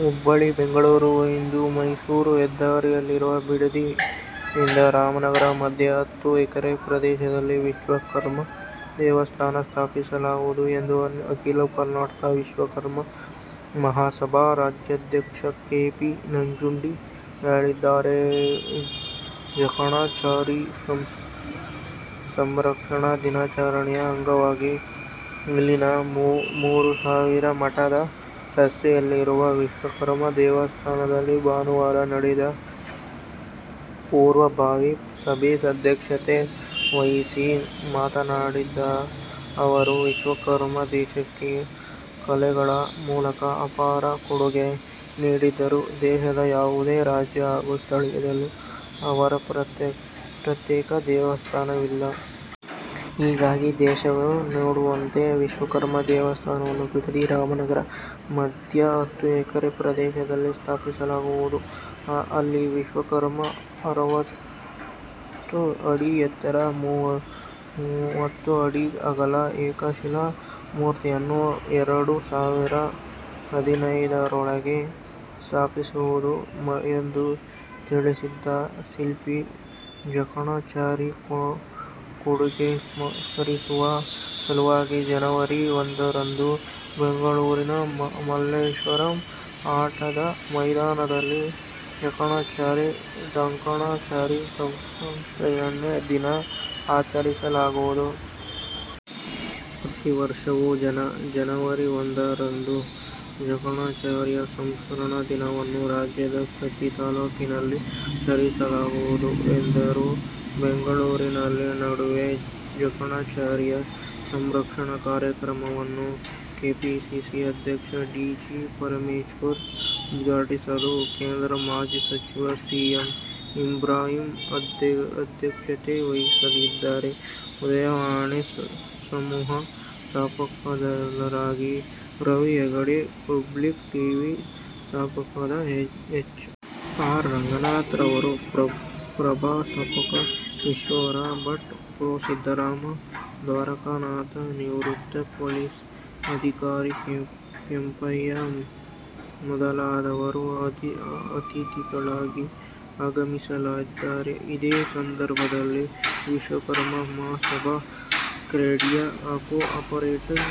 ಹುಬ್ಬಳ್ಳಿ: ಬೆಂಗಳೂರು ಇಂದ ಮೈಸೂರು ಹೆದ್ದಾರಿಯಲ್ಲಿರುವ ಬಿಡದಿ ಇಂದ ರಾಮನಗರ ಮಧ್ಯೆ ಹತ್ತು ಎಕರೆ ಪ್ರದೇಶದಲ್ಲಿ ವಿಶ್ವಕರ್ಮ ದೇವಸ್ಥಾನ ಸ್ಥಾಪಿಸಲಾಗುವುದು ಎಂದು ಅಖೀಲ ಕರ್ನಾಟಕ ವಿಶ್ವಕರ್ಮ ಮಹಾಸಭಾ ರಾಜ್ಯಾಧ್ಯಕ್ಷ ಕೆ. ಪಿ. ನಂಜುಂಡಿ ಹೇಳಿದ್ದಾರೆ. ಜಕಣಾಚಾರಿ ಸ್ಮರಣೆ ದಿನಾಚರಣೆ ಅಂಗವಾಗಿ ಇಲ್ಲಿನ ಮೂರುಸಾವಿರ ಮಠದ ರಸ್ತೆಯಲ್ಲಿರುವ ವಿಶ್ವಕರ್ಮ ದೇವಸ್ಥಾನದಲ್ಲಿ ಭಾನುವಾರ ನಡೆದ ಪೂರ್ವಭಾವಿ ಸಭೆ ಅಧ್ಯಕ್ಷತೆ ವಹಿಸಿ ಮಾತನಾಡಿದ ಅವರು, ವಿಶ್ವಕರ್ಮರು ದೇಶಕ್ಕೆ ಕಲೆಗಳ ಮೂಲಕ ಅಪಾರ ಕೊಡುಗೆ ನೀಡಿದ್ದರೂ ದೇಶದ ಯಾವುದೇ ರಾಜ್ಯ ಹಾಗೂ ಸ್ಥಳದಲ್ಲೂ ಅವರ ಪ್ರತ್ಯೇಕ ದೇವಸ್ಥಾನವಿಲ್ಲ. ಹೀಗಾಗಿ ದೇಶವೇ ನೋಡುವಂತಹ ವಿಶ್ವಕರ್ಮ ದೇವಸ್ಥಾನವನ್ನು ಬಿಡದಿ-ರಾಮನಗರ ಮಧ್ಯದ ಹತ್ತು ಎಕರೆ ಪ್ರದೇಶದಲ್ಲಿ ಸ್ಥಾಪಿಸಲಾಗುವುದು. ಅಲ್ಲಿ ವಿಶ್ವಕರ್ಮರ ಅರವತ್ತು ಅಡಿ ಎತ್ತರ, ಮೂವತ್ತು ಅಡಿ ಅಗಲದ ಏಕಶಿಲಾ ಮೂರ್ತಿಯನ್ನು ಎರಡು ಸಾವಿರದ ಹದಿನೈದರೊಳಗೆ ಸ್ಥಾಪಿಸಲಾಗುವುದು ಎಂದು ತಿಳಿಸಿದರು. ಶಿಲ್ಪಿ ಜಕಣಾಚಾರಿ ಕೊಡುಗೆ ಸ್ಮರಿಸುವ ಸಲುವಾಗಿ ಜನವರಿ ಒಂದರಂದು ಬೆಂಗಳೂರಿನ ಮಲ್ಲೇಶ್ವರಂ ಆಟದ ಮೈದಾನದಲ್ಲಿ ಜಕಣಾಚಾರಿ ಡಂಕಣಾಚಾರಿ ಸ್ಮರಣೆ ದಿನ ಆಚರಿಸಲಾಗುವುದು. ಪ್ರತಿವರ್ಷವೂ ಜನವರಿ ಒಂದರಂದು ಜಕಣಾಚಾರಿ ಸ್ಮರಣೆ ದಿನವನ್ನು ರಾಜ್ಯದ ಪ್ರತಿ ತಾಲೂಕಿನಲ್ಲೂ ಆಚರಿಸಲಾಗುವುದು ಎಂದರು. ಬೆಂಗಳೂರಿನಲ್ಲಿ ನಡೆಯುವ ಜಕಣಾಚಾರಿ ಸ್ಮರಣೆ ಕಾರ್ಯಕ್ರಮವನ್ನು ಕೆಪಿಸಿಸಿ ಅಧ್ಯಕ್ಷ ಡಾ. ಜಿ. ಪರಮೇಶ್ವರ ಉದ್ಘಾಟಿಸಲಿದ್ದು, ಕೇಂದ್ರದ ಮಾಜಿ ಸಚಿವ ಸಿ. ಎಂ. ಇಬ್ರಾಹಿಂ ಅಧ್ಯಕ್ಷತೆ ವಹಿಸಲಿದ್ದಾರೆ. ಉದಯವಾಣಿ ಸಮೂಹ ಸಂಪಾದಕರಾದ ರವಿ ಹೆಗಡೆ ಪಬ್ಲಿಕ್ ಟಿವಿ ಸಂಪಾದಕ ಎಚ್. ಆರ್. ರಂಗನಾಥ್ ಕನ್ನಡ ಪ್ರಭ ಸಂಪಾದಕ ವಿಶ್ವೇಶ್ವರ ಭಟ್ ಪ್ರೊ. ಸಿದ್ಧರಾಮ ದ್ವಾರಕಾನಾಥ ನಿವೃತ್ತ ಪೊಲೀಸ್ ಅಧಿಕಾರಿ ಕೆಂಪಯ್ಯ ಮೊದಲಾದವರು ಅತಿಥಿಗಳಾಗಿ ಆಗಮಿಸಲಿದ್ದಾರೆ. ಇದೇ ಸಂದರ್ಭದಲ್ಲಿ Vishwakarma Mahasabha credit cooperative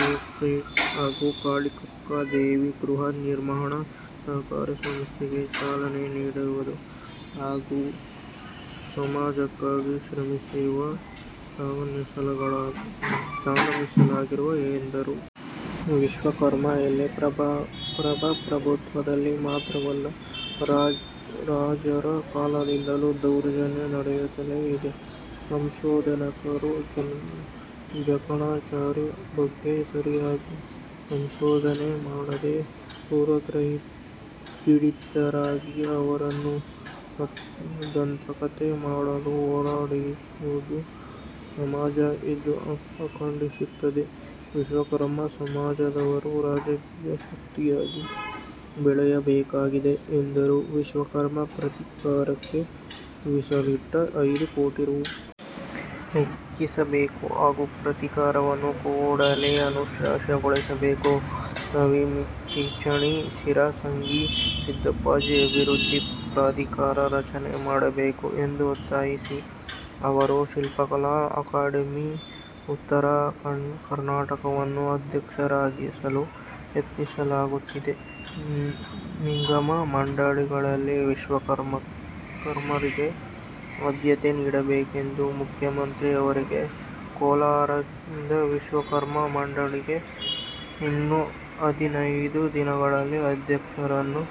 society ಹಾಗೂ ಕಾಳಿಕಾದೇವಿ ಗೃಹ ನಿರ್ಮಾಣ ಸಹಕಾರ ಸಂಘಕ್ಕೆ ಚಾಲನೆ ನೀಡಲಾಗುವುದು ಹಾಗೂ ಸಮಾಜಕ್ಕಾಗಿ ಶ್ರಮಿಸಿದವರನ್ನು ಸನ್ಮಾನಿಸಲಾಗುವುದು ಎಂದರು. ವಿಶ್ವಕರ್ಮರ ಮೇಲೆ ಪ್ರಜಾಪ್ರಭುತ್ವದಲ್ಲಿ ಮಾತ್ರವಲ್ಲ ರಾಜರ ಕಾಲದಿಂದಲೂ ದೌರ್ಜನ್ಯ ನಡೆಯುತ್ತಲೇ ಇದೆ. ಸಂಶೋಧಕರು ಜಕಣಾಚಾರಿ ಬಗ್ಗೆ ಸರಿಯಾಗಿ ಸಂಶೋಧನೆ ಮಾಡದೆ ಪೂರ್ವಗ್ರಹಪೀಡಿತರಾಗಿ ಅವರನ್ನು ದಂತಕಥೆ ಮಾಡಲು ಹೊರಟಿದ್ದು, ಸಮಾಜ ಇದನ್ನು ಖಂಡಿಸುತ್ತದೆ. ವಿಶ್ವಕರ್ಮ ಸಮಾಜದವರು ರಾಜಕೀಯ ಶಕ್ತಿಯಾಗಿ ಬೆಳೆಯಬೇಕಾಗಿದೆ ಎಂದರು. ವಿಶ್ವಕರ್ಮ ಪ್ರಾಧಿಕಾರಕ್ಕೆ ಮೀಸಲಿಟ್ಟ ಐದು ಕೋಟಿ ರೂ.ಗೆ ಹೆಚ್ಚಿಸಬೇಕು ಹಾಗೂ ಪ್ರಾಧಿಕಾರವನ್ನು ಕೂಡಲೇ ಅನುಷ್ಠಾನಗೊಳಿಸಬೇಕು, ವರವಿ, ಚಿಂಚಣಿ, ಶಿರಸಂಗಿ, ಸಿದ್ದಪ್ಪಾಜಿ ಅಭಿವೃದ್ಧಿ ಪ್ರಾಧಿಕಾರ ರಚನೆ ಮಾಡಬೇಕು ಎಂದು ಒತ್ತಾಯಿಸಿದ ಅವರು, ಶಿಲ್ಪಕಲಾ ಅಕಾಡೆಮಿಗೆ ಉತ್ತರ ಕರ್ನಾಟಕದವರನ್ನು ಅಧ್ಯಕ್ಷರಾಗಿಸಲು ಯತ್ನಿಸಲಾಗುತ್ತಿದೆ. ನಿಗಮ ಮಂಡಳಿಗಳಲ್ಲಿ ವಿಶ್ವಕರ್ಮರಿಗೆ ಆದ್ಯತೆ ನೀಡಬೇಕೆಂದು ಮುಖ್ಯಮಂತ್ರಿ ಅವರಿಗೆ ಕೋರಲಾಗಿದೆ. ವಿಶ್ವಕರ್ಮ ಮಂಡಳಿಗೆ ಇನ್ನು ಹದಿನೈದು ದಿನಗಳಲ್ಲಿ ಅಧ್ಯಕ್ಷರನ್ನು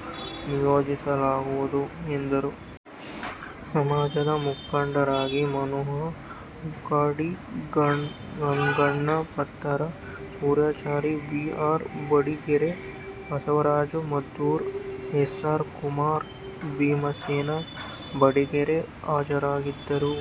ನಿಯೋಜಿಸಲಾಗುವುದು ಎಂದರು. ಸಮಾಜದ ಮುಖಂಡರಾದ Manohar Lakkundi, Ganganna Pattar, Suryachari, B. R. Badiger, Basavaraj Maddur, S. R. Kammar, Bhimasena Badiger ಹಾಜರಿದ್ದರು.